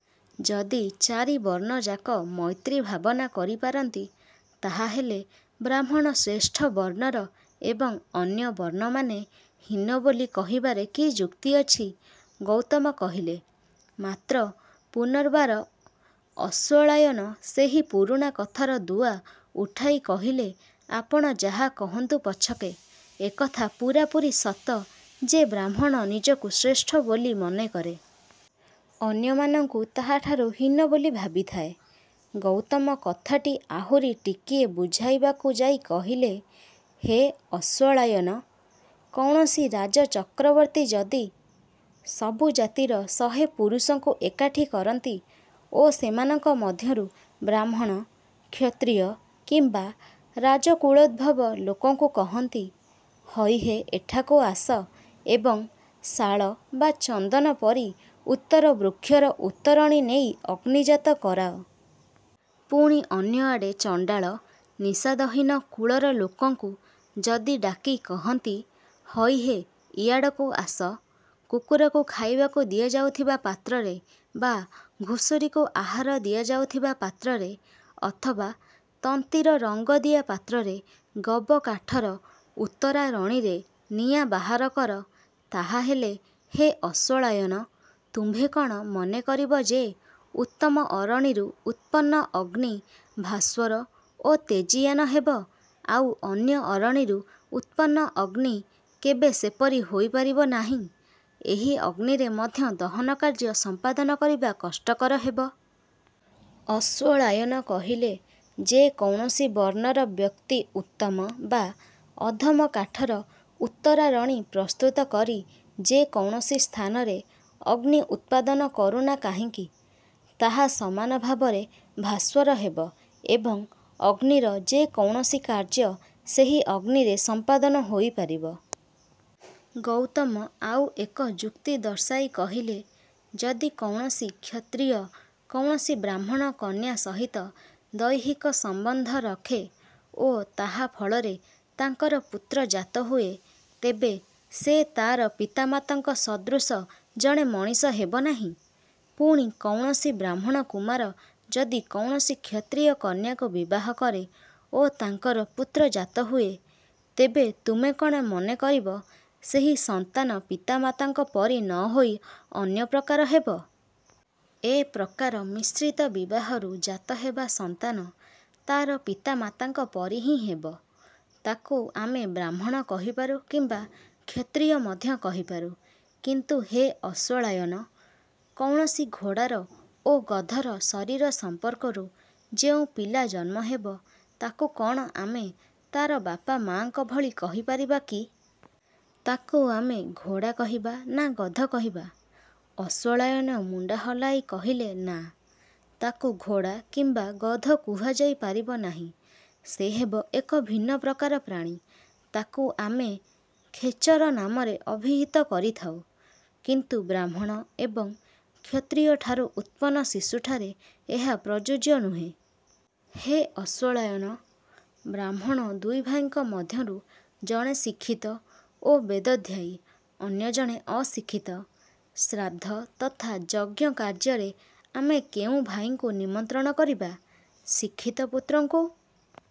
ଯଦି ଚାରିବର୍ଣ୍ଣଯାକ ମୈତ୍ରୀଭାବନା କରିପାରନ୍ତି, ତାହା ହେଲେ ବ୍ରାହ୍ମଣ ଶ୍ରେଷ୍ଠ ବର୍ଣ୍ଣର ଏବଂ ଅନ୍ୟ ବର୍ଣ୍ଣମାନେ ହୀନ ବୋଲି କହିବାରେ କି ଯୁକ୍ତି ଅଛି? ଗୌତମ କହିଲେ। ମାତ୍ର ପୂନର୍ବାର ଅଶ୍ୱଳାୟନ ସେହି ପୁରୁଣା କଥାର ଦୁଆ ଉଠାଇ କହିଲେ ଆପଣ ଯାହା କହନ୍ତୁ ପଛକେ, ଏକଥା ପୂରାପୂରି ସତ ଯେ ବ୍ରାହ୍ମଣ ନିଜକୁ ଶ୍ରେଷ୍ଠ ବୋଲି ମନେକରେ। ଅନ୍ୟମାନଙ୍କୁ ତାହାଠାରୁ ହୀନ ବୋଲି ଭାବିଥାଏ। ଗୌତମ କଥାଟି ଆହୁରି ଟିକିଏ ବୁଝାଇବାକୁ ଯାଇ କହିଲେ, ହେ ଅଶ୍ୱଳାୟନ! କୌଣସି ରାଜଚକ୍ରବର୍ତ୍ତୀ ଯଦି। ସବୁ ଜାତିର ଶହେ ପୁରୁଷଙ୍କୁ ଏକାଠି କରନ୍ତି ଓ ସେମାନଙ୍କ ମଧ୍ୟରୁ ବ୍ରାହ୍ମଣ, କ୍ଷତ୍ରିୟ କିମ୍ୱା ରାଜକୁଳୋଦ୍ଭବ ଲୋକଙ୍କୁ କହନ୍ତି, ହଇହେ ଏଠାକୁ ଆସ ଏବଂ ଶାଳ ବା ଚନ୍ଦନ ପରି ଉତ୍ତର ବୃକ୍ଷର ଉତ୍ତରଣି ନେଇ ଅଗ୍ନିଜାତ କରାଅ। ପୁଣି ଅନ୍ୟଆଡ଼େ ଚଣ୍ଡାଳ, ନିଷାଦହୀନ କୁଳର ଲୋକଙ୍କୁ ଯଦି ଡାକି କହନ୍ତି ହଇହେ ଇଆଡ଼କୁ ଆସ-କୁକୁରକୁ ଖାଇବାକୁ ଦିଆଯାଉଥିବା ପାତ୍ରରେ ବା ଘୁଷୁରିକୁ ଆହାର ଦିଆଯାଉଥିବା ପାତ୍ରରେ ଅଥବା ତନ୍ତୀର ରଙ୍ଗଦିଆ ପାତ୍ରରେ-ଗବ କାଠର ଉତ୍ତରାରଣିରେ ନିଆଁ ବାହାର କର, ତାହାହେଲେ ହେ ଅଶ୍ୱଳାୟନ ତୁମ୍ଭେ କଣ ମନେ କରିବ ଯେ ଉତ୍ତମ ଅରଣିରୁ ଉତ୍ପନ୍ନ ଅଗ୍ନି ଭାସ୍ୱର ଓ ତେଜିୟାନ ହେବ ଆଉ ଅନ୍ୟ ଅରଣିରୁ ଉତ୍ପନ୍ନ ଅଗ୍ନି କେବେ ସେପରି ହୋଇପାରିବ ନାହିଁ-ଏହି ଅଗ୍ନିରେ ମଧ୍ୟ ଦହନ କାର୍ଯ୍ୟ ସମ୍ପାଦନ କରିବା କଷ୍ଟକର ହେବ? ଅଶ୍ୱଳାୟନ କହିଲେ, ଯେ କୌଣସି ବର୍ଣ୍ଣର ବ୍ୟକ୍ତି ଉତ୍ତମ ବା ଅଧମକାଠର ଉତ୍ତରାରଣି ପ୍ରସ୍ତୁତ କରି ଯେ କୌଣସି ସ୍ଥାନରେ ଅଗ୍ନି ଉତ୍ପାଦନ କରୁନା କାହିଁକି ତାହା ସମାନ ଭାବରେ ଭାସ୍ୱର ହେବ ଏବଂ ଅଗ୍ନିର ଯେ କୌଣସି କାର୍ଯ୍ୟ ସେହି ଅଗ୍ନିରେ ସମ୍ପାଦନ ହୋଇପାରିବ-। ଗୌତମ ଆଉ ଏକ ଯୁକ୍ତି ଦର୍ଶାଇ କହିଲେ, ଯଦି କୌଣସି କ୍ଷତ୍ରିୟ କୌଣସି ବ୍ରାହ୍ମଣ କନ୍ୟା ସହିତ ଦୈହିକ ସମ୍ବନ୍ଧ ରଖେ ଓ ତାହା ଫଳରେ ତାଙ୍କର ପୁତ୍ର ଜାତହୁଏ ତେବେ ସେ ତାର ପିତା ମାତାଙ୍କ ସଦୃଶ ଜଣେ ମଣିଷ ହେବନାହିଁ? ପୁଣି କୌଣସି ବ୍ରାହ୍ମଣ କୁମାର ଯଦି କୌଣସି କ୍ଷତ୍ରିୟ କନ୍ୟାକୁ ବିବାହ କରେ ଓ ତାଙ୍କର ପୁତ୍ର ଜାତ ହୁଏ, ତେବେ ତୁମେ କଣ ମନେ କରିବ ସେହି ସନ୍ତାନ ପିତା ମାତାଙ୍କ ପରି ନ ହୋଇ ଅନ୍ୟ ପ୍ରକାର ହେବ? ଏ ପ୍ରକାର ମିଶ୍ରିତ ବିବାହରୁ ଜାତ ହେବା ସନ୍ତାନ ତାର ପିତାମାତାଙ୍କ ପରି ହିଁ ହେବ। ତାକୁ ଆମେ ବ୍ରାହ୍ମଣ କହିପାରୁ କିମ୍ୱା କ୍ଷତ୍ରିୟ ମଧ୍ୟ କହିପାରୁ। କିନ୍ତୁ ହେ ଅଶ୍ୱଳାୟନ! କୌଣସି ଘୋଡ଼ାର ଓ ଗଧର ଶରୀର ସମ୍ପର୍କରୁ ଯେଉଁ ପିଲା ଜନ୍ମ ହେବ ତାକୁ କଣ ଆମେ ତାର ବାପ ମାଙ୍କ ଭଳି କହି ପାରିବା କି? ତାକୁ ଆମେ ଘୋଡ଼ା କହିବା ନା ଗଧ କହିବା? ଅଶ୍ୱଳାୟନ ମୁଣ୍ଡ ହଲାଇ କହିଲେ ନା, ତାକୁ ଘୋଡ଼ା କିମ୍ୱା ଗଧ କୁହାଯାଇ ପାରିବ ନାହିଁ। ସେ ହେବ ଏକ ଭିନ୍ନ ପ୍ରକାର ପ୍ରାଣୀ। ତାକୁ ଆମେ ଖେଚର ନାମରେ ଅଭିହିତ କରିଥାଉ। କିନ୍ତୁ ବ୍ରାହ୍ମଣ ଏବଂ କ୍ଷତ୍ରିୟଠାରୁ ଉତ୍ପନ ଶିଶୁଠାରେ ଏହା ପ୍ରଯୁଜ୍ୟ ନୁହେଁ। ହେ ଅଶ୍ୱଳାୟନ! ବ୍ରାହ୍ମଣ ଦୁଇଭାଇଙ୍କ ମଧ୍ୟରୁ ଜଣେ ଶିକ୍ଷିତ ଓ ବେଦଧ୍ୟାୟୀ। ଅନ୍ୟ ଜଣେ ଅଶିକ୍ଷିତ। ଶ୍ରାଦ୍ଧ ତଥା ଯଜ୍ଞ କାର୍ଯ୍ୟରେ ଆମେ କେଉଁ ଭାଇଙ୍କୁ ନିମନ୍ତ୍ରଣ କରିବା? ଶିକ୍ଷିତ ପୁତ୍ରଙ୍କୁ